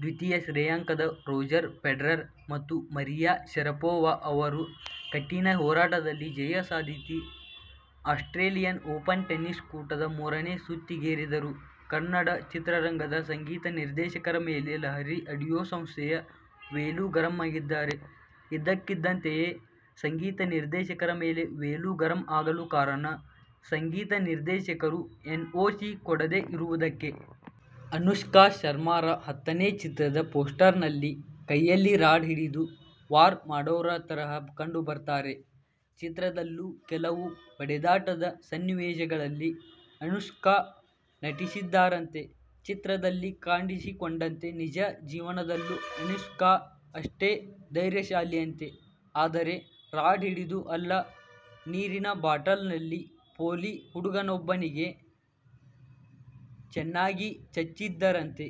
ದ್ವಿತೀಯ ಶ್ರೇಯಾಂಕದ Roger Federer ಮತ್ತು ಮರಿಯಾ ಶರಪೋವಾ ಅವರು ಕಠಿಣ ಹೋರಾಟದಲ್ಲಿ ಜಯ ಸಾಧಿಸಿ ಆಸ್ಟ್ರೇಲಿಯನ್ ಓಪನ್ ಟೆನ್ನಿಸ್ ಕೂಟದ ಮೂರನೇ ಸುತ್ತಿಗೇರಿದರು. ಕನ್ನಡ ಚಿತ್ರರಂಗದ ಸಂಗೀತ ನಿರ್ದೇಶಕರ ಮೇಲೆ ಲಹರಿ ಆಡಿಯೋ ಸಂಸ್ಥೆಯ ವೇಲು ಗರಂ ಆಗಿದ್ದಾರೆ. ಇದ್ದಕ್ಕಿದ್ದಂತೆಯೇ ಸಂಗೀತ ನಿರ್ದೇಶಕರ ಮೇಲೆ ವೇಲು ಗರಂ ಆಗಲು ಕಾರಣ, ಸಂಗೀತ ನಿರ್ದೇಶಕರು ಎನ್ಓಸಿ ಕೊಡದೇ ಇರುವುದಕ್ಕೆ. ಅನುಷ್ಕಾ ಶರ್ಮಾರ ಹತ್ತನೇ ಚಿತ್ರದ ಪೋಸ್ಟರ್ ನಲ್ಲಿ ಕೈಯಲ್ಲಿ ರಾಡ್ ಹಿಡಿದು ವಾರ್ ಮಾಡೋವ್ರ ತರಹ ಕಂಡು ಬರ್ತಾರೆ. ಚಿತ್ರದಲ್ಲೂ ಕೆಲವು ಹೊಡೆದಾಟದ ಸನ್ನಿವೇಶಗಳಲ್ಲಿ ಅನುಷ್ಕಾ ನಟಿಸಿದ್ದಾರಂತೆ. ಚಿತ್ರದಲ್ಲಿ ಕಾಣಿಸಿಕೊಂಡಂತೆ ನಿಜ ಜೀವನದಲ್ಲೂ ಅನುಷ್ಕಾ ಅಷ್ಟೇ ಧೈರ್ಯಶಾಲಿಯಂತೆ. ಆದರೆ ರಾಡ್ ಹಿಡಿದು ಅಲ್ಲ, ನೀರಿನ ಬಾಟಲ್ ನಲ್ಲಿ ಪೋಲಿ ಹುಡುಗನಿಗೊಬ್ಬನಿಗೆ ಚೆನ್ನಾಗಿ ಚಚ್ಚಿದ್ದರಂತೆ.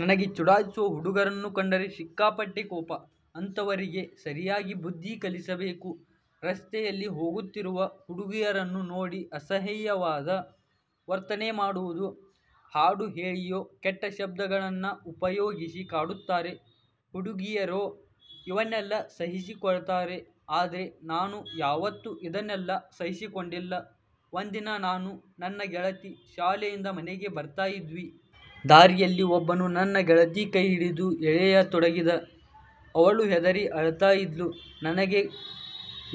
ನನಗೆ ಚುಡಾಯಿಸುವ ಹುಡುಗರನ್ನು ಕಂಡರೆ ಸಿಕ್ಕಾಪಟ್ಟೆ ಕೋಪ. ಅಂಥವರಿಗೆ ಸರಿಯಾಗಿ ಬುದ್ಧಿ ಕಲಿಸಬೇಕು. ರಸ್ತೆಯಲ್ಲಿ ಹೋಗುತ್ತಿರುವ ಹುಡುಗಿಯರನ್ನು ನೋಡಿ ಅಸಹ್ಯವಾದ ವರ್ತನೆ ಮಾಡುವುದು, ಹಾಡು ಹೇಳಿಯೋ, ಕೆಟ್ಟ ಶಬ್ದಗಳನ್ನು ಉಪಯೋಗಿಸಿ ಕಾಡುತ್ತಾರೆ. ಹುಡುಗಿಯರೋ ಇವನ್ನೆಲ್ಲ ಸಹಿಸಿಕೊಳ್ತಾರೆ. ಆದ್ರೆ ನಾನು ಯಾವತ್ತೂ ಇದನ್ನೆಲ್ಲ ಸಹಿಸಿಕೊಂಡಿಲ್ಲ. ಒಂದಿನ ನಾನು, ನನ್ನ ಗೆಳತಿ ಶಾಲೆಯಿಂದ ಮನೆಗೆ ಬರ್ತಾ ಇದ್ವಿ. ದಾರಿಯಲ್ಲಿ ಒಬ್ಬನು ನನ್ನ ಗೆಳತಿಯ ಕೈ ಹಿಡಿದು ಎಳೆಯ ತೊಡಗಿದ. ಅವಳು ಹೆದರಿ ಅಳ್ತಾ ಇದ್ಲು. ನನಗೆ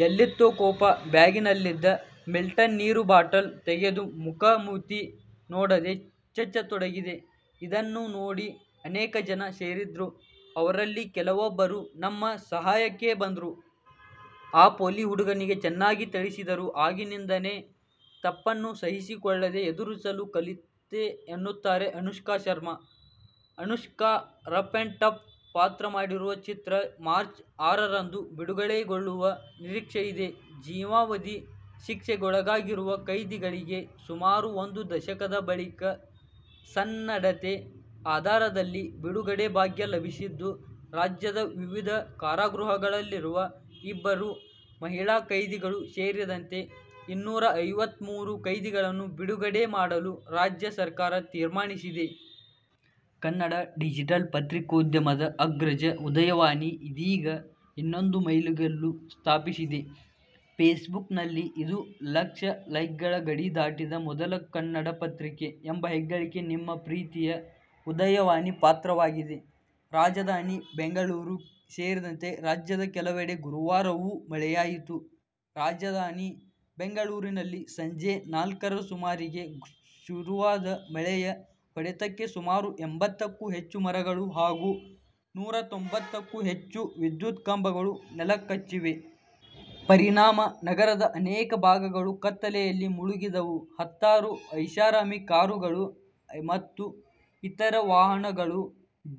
ಎಲ್ಲಿತ್ತೊ ಕೋಪ, ಬ್ಯಾಗಿನಲ್ಲಿದ್ದ ಮಿಲ್ಟನ್ ನೀರು ಬಾಟಲ್ ತೆಗೆದು ಮುಖ ಮೂತಿ ನೋಡದೆ ಚಚ್ಚತೊಡಗಿದೆ. ಇದನ್ನು ನೋಡಿ ಅನೇಕ ಜನ ಸೇರಿದ್ರು. ಅವರಲ್ಲಿ ಕೆಲವೊಬ್ಬರು ನಮ್ಮ ಸಹಾಯಕ್ಕೆ ಬಂದ್ರು. ಆ ಪೋಲಿ ಹುಡುಗನಿಗೆ ಚೆನ್ನಾಗಿ ಥಳಿಸಿದರು. ಆಗಿನಿಂದನೇ ತಪ್ಪನ್ನು ಸಹಿಸಿಕೊಳ್ಳದೆ ಎದುರಿಸಲು ಕಲಿತೆ ಎನ್ನುತ್ತಾರೆ Anushka Sharma. Anushka rough and tough ಪಾತ್ರ ಮಾಡಿರುವ ಚಿತ್ರ ಮಾರ್ಚ್ ಆರರಂದು ಬಿಡುಗಡೆಗೊಳ್ಳುವ ನಿರೀಕ್ಷೆಯಿದೆ. ಜೀವಾವಧಿ ಶಿಕ್ಷೆಗೊಳಗಾಗಿರುವ ಕೈದಿಗಳಿಗೆ ಸುಮಾರು ಒಂದು ದಶಕದ ಬಳಿಕ ಸನ್ನಡತೆ ಆಧಾರದಲ್ಲಿ ಬಿಡುಗಡೆ ಭಾಗ್ಯ ಲಭಿಸಿದ್ದು, ರಾಜ್ಯದ ವಿವಿಧ ಕಾರಾಗೃಹಗಳಲ್ಲಿರುವ ಇಬ್ಬರು ಮಹಿಳಾ ಕೈದಿಗಳು ಸೇರಿದಂತೆ ಇನ್ನೂರ ಐವತ್ಮೂರು ಕೈದಿಗಳನ್ನು ಬಿಡುಗಡೆ ಮಾಡಲು ರಾಜ್ಯ ಸರ್ಕಾರ ತೀರ್ಮಾನಿಸಿದೆ. ಕನ್ನಡ ಡಿಜಿಟಲ್ ಪತ್ರಿಕೋದ್ಯಮದ ಅಗ್ರಜ "ಉದಯವಾಣಿ' ಇದೀಗ ಇನ್ನೊಂದು ಮೈಲಿಗಲ್ಲು ಸ್ಥಾಪಿಸಿದೆ. ಫೇಸ್ಬುಕ್ನಲ್ಲಿ ಐದು ಲಕ್ಷ ಲೈಕ್ಗಳ ಗಡಿ ದಾಟಿದ ಮೊದಲ ಕನ್ನಡ ಪತ್ರಿಕೆ ಎಂಬ ಹೆಗ್ಗಳಿಕೆಗೆ ನಿಮ್ಮ ಪ್ರಿತಿಯ "ಉದಯವಾಣಿ ಪಾತ್ರವಾಗಿದೆ. ರಾಜಧಾನಿ ಬೆಂಗಳೂರು ಸೇರಿದಂತೆ ರಾಜ್ಯದ ಕೆಲವೆಡೆ ಗುರುವಾರವೂ ಮಳೆಯಾಯಿತು. ರಾಜಧಾನಿ ಬೆಂಗಳೂರಿನಲ್ಲಿ ಸಂಜೆ ನಾಲ್ಕರ ಸುಮಾರಿಗೆ ಶುರುವಾದ ಮಳೆಯ ಹೊಡೆತಕ್ಕೆ ಸುಮಾರು ಎಂಬತ್ತಕ್ಕೂ ಹೆಚ್ಚು ಮರಗಳು ಹಾಗೂ ನೂರ ತೊಂಬತ್ತಕ್ಕೂ ಹೆಚ್ಚು ವಿದ್ಯುತ್ ಕಂಬಗಳು ನೆಲಕಚ್ಚಿವೆ. ಪರಿಣಾಮ ನಗರದ ಅನೇಕ ಭಾಗಗಳು ಕತ್ತಲೆಯಲ್ಲಿ ಮುಳುಗಿದವು. ಹತ್ತಾರು ಐಷಾರಾಮಿ ಕಾರುಗಳು ಮತ್ತು ಇತರ ವಾಹನಗಳು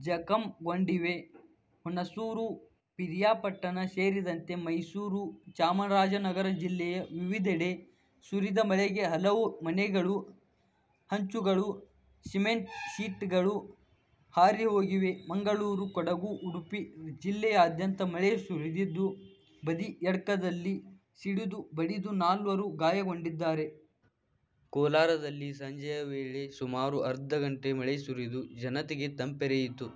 ಜಖಂಗೊಂಡಿವೆ. ಹುಣಸೂರು, ಪಿರಿಯಾಪಟ್ಟಣ ಸೇರಿದಂತೆ ಮೈಸೂರು, ಚಾಮರಾಜನಗರ ಜಿಲ್ಲೆಯ ವಿವಿಧೆಡೆ ಸುರಿದ ಮಳೆಗೆ ಹಲವು ಮನೆಗಳ ಹಂಚುಗಳು, ಸಿಮೆಂಟ್ ಶೀಟ್ಗಳು ಹಾರಿಹೋಗಿವೆ. ಮಂಗಳೂರು, ಕೊಡಗು ಉಡುಪಿ ಜಿಲ್ಲೆಯಾದ್ಯಂತ ಮಳೆ ಸುರಿದಿದ್ದು, ಬದಿಯಡ್ಕದಲ್ಲಿ ಸಿಡಿಲು ಬಡಿದು ನಾಲ್ವರು ಗಾಯಗೊಂಡಿದ್ದಾರೆ. ಕೋಲಾರದಲ್ಲಿ ಸಂಜೆಯ ವೇಳೆ ಸುಮಾರು ಅರ್ಧ ಗಂಟೆ ಮಳೆ ಸುರಿದು, ಜನತೆಗೆ ತಂಪರೆಯಿತು.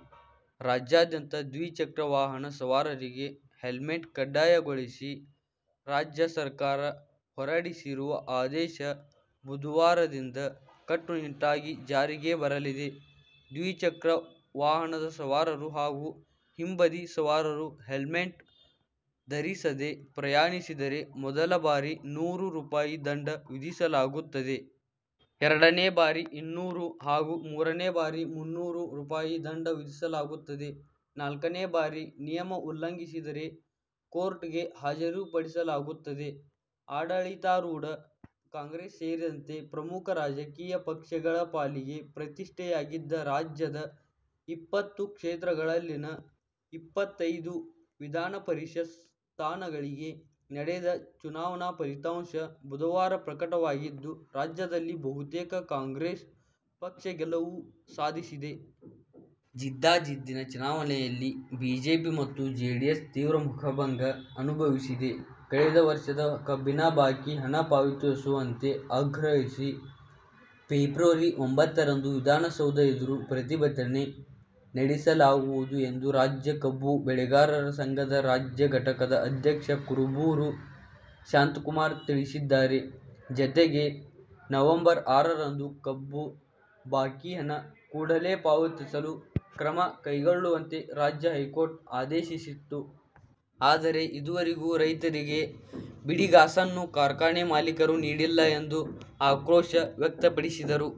ರಾಜ್ಯಾದ್ಯಂತ ದ್ವಿಚಕ್ರ ವಾಹನ ಸವಾರರಿಗೆ ಹೆಲ್ಮೆಟ್ ಕಡ್ಡಾಯಗೊಳಿಸಿ ರಾಜ್ಯ ಸರ್ಕಾರ ಹೊರಡಿಸಿರುವ ಆದೇಶ ಬುಧವಾರದಿಂದ ಕಟ್ಟುನಿಟ್ಟಾಗಿ ಜಾರಿಗೆ ಬರಲಿದೆ. ದ್ವಿಚಕ್ರ ವಾಹನದ ಸವಾರರು ಹಾಗೂ ಹಿಂಬದಿ ಸವಾರರು ಹೆಲ್ಮೆಟ್ ಧರಿಸದೆ ಪ್ರಯಾಣಿಸಿದರೆ ಮೊದಲ ಬಾರಿ ನೂರು ರೂಪಾಯಿ ದಂಡ ವಿಧಿಸಲಾಗುತ್ತದೆ. ಎರಡನೇ ಬಾರಿ ಇನ್ನೂರು ಹಾಗೂ ಮೂರನೇ ಬಾರಿ ಮುನ್ನೂರು ರೂಪಾಯಿ ದಂಡ ವಿಧಿಸಲಾಗುತ್ತದೆ. ನಾಲ್ಕನೇ ಬಾರಿ ನಿಯಮ ಉಲ್ಲಂಘಿಸಿದರೆ ಕೋರ್ಟ್ಗೆ ಹಾಜರುಪಡಿಸಲಾಗುತ್ತದೆ. ಆಡಳಿತಾರೂಢ ಕಾಂಗ್ರೆಸ್ ಸೇರಿದಂತೆ ಪ್ರಮುಖ ರಾಜಕೀಯ ಪಕ್ಷಗಳ ಪಾಲಿಗೆ ಪ್ರತಿಷ್ಠೆಯಾಗಿದ್ದ ರಾಜ್ಯದ ಇಪ್ಪತ್ತು ಕ್ಷೇತ್ರಗಳಲ್ಲಿನ ಇಪ್ಪತ್ತೈದು ವಿಧಾನಪರಿಷತ್ ಸ್ಥಾನಗಳಿಗೆ ನಡೆದ ಚುನಾವಣಾ ಫಲಿತಾಂಶ ಬುಧವಾರ ಪ್ರಕಟವಾಗಿದ್ದು, ರಾಜ್ಯದಲ್ಲಿ ಬಹುತೇಕ ಕಾಂಗ್ರೆಸ್ ಪಕ್ಷ ಗೆಲುವು ಸಾಧಿಸಿದೆ. ಜಿದ್ದಾಜಿದ್ದಿನ ಚುನಾವಣೆಯಲ್ಲಿ ಬಿಜೆಪಿ ಮತ್ತು ಜೆಡಿಎಸ್ ತೀವ್ರ ಮುಖಭಂಗ ಅನುಭವಿಸಿದೆ. ಕಳೆದ ವರ್ಷದ ಕಬ್ಬಿನ ಬಾಕಿ ಹಣ ಪಾವತಿಸುವಂತೆ ಆಗ್ರಹಿಸಿ ಫೆಬ್ರವರಿ ಒಂಬತ್ತರಂದು ವಿಧಾನಸೌಧ ಎದುರು ಪ್ರತಿಭಟನೆ ನಡೆಸಲಾಗುವುದು ಎಂದು ರಾಜ್ಯ ಕಬ್ಬು ಬೆಳೆಗಾರರ ಸಂಘದ ರಾಜ್ಯ ಘಟಕದ ಅಧ್ಯಕ್ಷ ಕುರುಬೂರು ಶಾಂತಕುಮಾರ್ ತಿಳಿಸಿದ್ದಾರೆ. ಜತೆಗೆ ನವಂಬರ್ ಆರರಂದು ಕಬ್ಬು ಬಾಕಿ ಹಣ ಕೂಡಲೇ ಪಾವತಿಸಲು ಕ್ರಮಕೈಗೊಳ್ಳುವಂತೆ ರಾಜ್ಯ ಹೈಕೋರ್ಟ್ ಆದೇಶಿಸಿತ್ತು. ಆದರೆ ಇದುವರೆಗೂ ರೈತರಿಗೆ ಬಿಡಿಗಾಸನ್ನೂ ಕಾರ್ಖಾನೆ ಮಾಲೀಕರು ನೀಡಿಲ್ಲ ಎಂದು ಆಕ್ರೋಶ ವ್ಯಕ್ತಪಡಿಸಿದರು.